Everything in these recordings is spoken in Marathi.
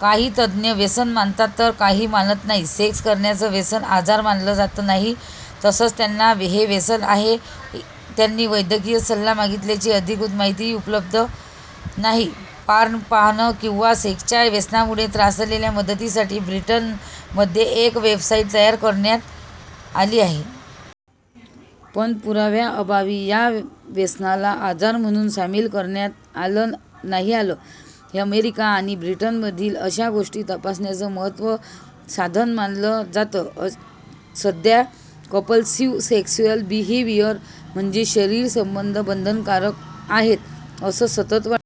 काही तज्ज्ञ व्यसन मानतात तर काही मानत नाहीत. सेक्स करण्याचं व्यसन आजार मानलं जात नाही. तसंच, ज्यांना हे व्यसन आहे त्यांनी वैद्यकीय सल्ला मागितल्याची अधिकृत माहितीही उपलब्ध नाही. पॉर्न पाहणं किंवा सेक्सच्या व्यसनामुळे त्रासलेल्यांना मदतीसाठी ब्रिटनमध्ये एक वेबसाईट तयार करण्यात आली आहे. पण, पुराव्यांअभावी या व्यसनाला आजार म्हणून सामिल करण्यात नाही आलं. हे अमेरिका आणि ब्रिटनमधलं अशा गोष्टी तपासण्याचं महत्त्वाचं साधन मानलं जातं. सध्या 'कंपलसिव्ह सेक्शुअल बिहेविअर' म्हणजेच शरीर संबंध बंधनकारक आहेत असं सतत वाटणं.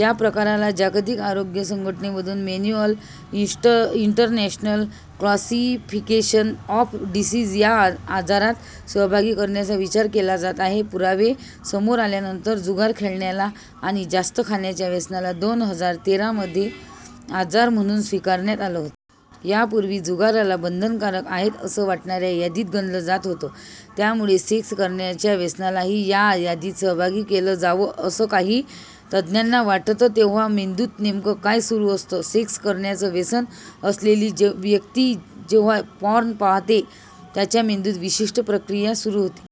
या प्रकाराला जागतिक आरोग्य संघटनेकडून 'manual international classification of diseases ' या आजारात सहभागी करण्याचा विचार केला जात आहे. पुरावे समोर आल्यानंतर जुगार खेळण्याला आणि जास्त खाण्याच्या व्यसनाला दोन हजार तेरा मध्ये आजार म्हणून स्वीकारण्यात आलं होतं. यापूर्वी जुगाराला बंधनकारक आहेत असं वाटण्याच्या यादीत गणलं जात होतं. त्यामुळे सेक्स करण्याच्या व्यसनालाही या यादीत सहभागी केलं जावं असं काही तज्ज्ञांना वाटतंतेव्हा मेंदूत नेमकं काय सुरू असतं? सेक्स करण्याचं व्यसन असलेली व्यक्ती जेव्हा पॉर्न पाहते तेव्हा त्याच्या मेंदूत विशिष्ट प्रक्रिया सुरू होते.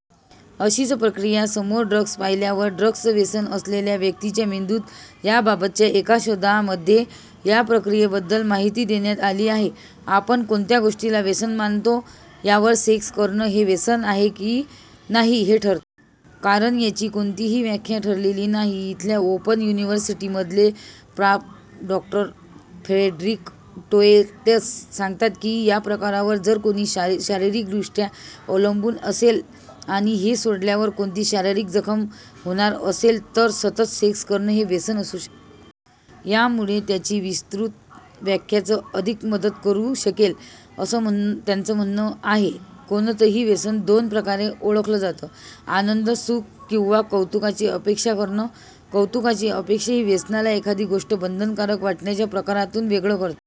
अशीच प्रक्रीया समोर ड्रग्स पाहिल्यावर ड्रग्सचं व्यसन असलेल्या व्यक्तिच्या मेंदूत होते. याबाबतच्या एका शोधामध्ये या प्रक्रीयेबद्दल माहिती देण्यात आली आहे. आपण कोणत्या गोष्टीला व्यसन मानतो यावर सेक्स करणं हे व्यसन आहे की नाही हे ठरतं. कारण, याची कोणतीही व्याख्या ठरलेली नाही. इथल्या ओपन युनिव्हर्सिटीमधले प्रा. डॉ. फ्रेडरिक टोएट्स सांगतात की या प्रकारावर जर कोणी शारीरिकदृष्ट्या अवलंबून असेल आणि हे सोडल्यावर कोणती शारीरिक जखम होणार असेल तर सतत सेक्स करणं हे व्यसन असू शकत यामुळे याची विस्तृत व्याख्याच अधिक मदत करू शकेल असं त्यांचं म्हणणं आहे. कोणतही व्यसन दोन प्रकारे ओळखलं जातं. आनंद, सुख किंवा कौतुकाची अपेक्षा करणं. कौतुकाची अपेक्षा ही व्यसनाला एखादी गोष्ट बंधनकारक वाटण्याच्या प्रकारांतून वेगळं करते.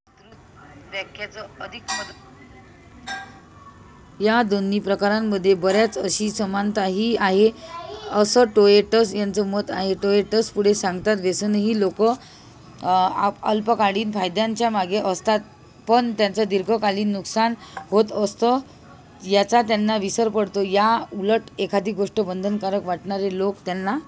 या दोन्ही प्रकारांमध्ये बऱ्याच अंशी समानताही आहे असं टोएट्स यांचं मत आहे. टोएट्स पुढे सांगतात, व्यसनी लोक अल्पकालिन फायद्याच्यामागे असतात. पण, त्यांचं दिर्घकालिन नुकसान होत असतं याचा त्यांना विसर पडतो. याऊलट एखादी गोष्ट बंधनकारक वाटणारे लोक त्यांना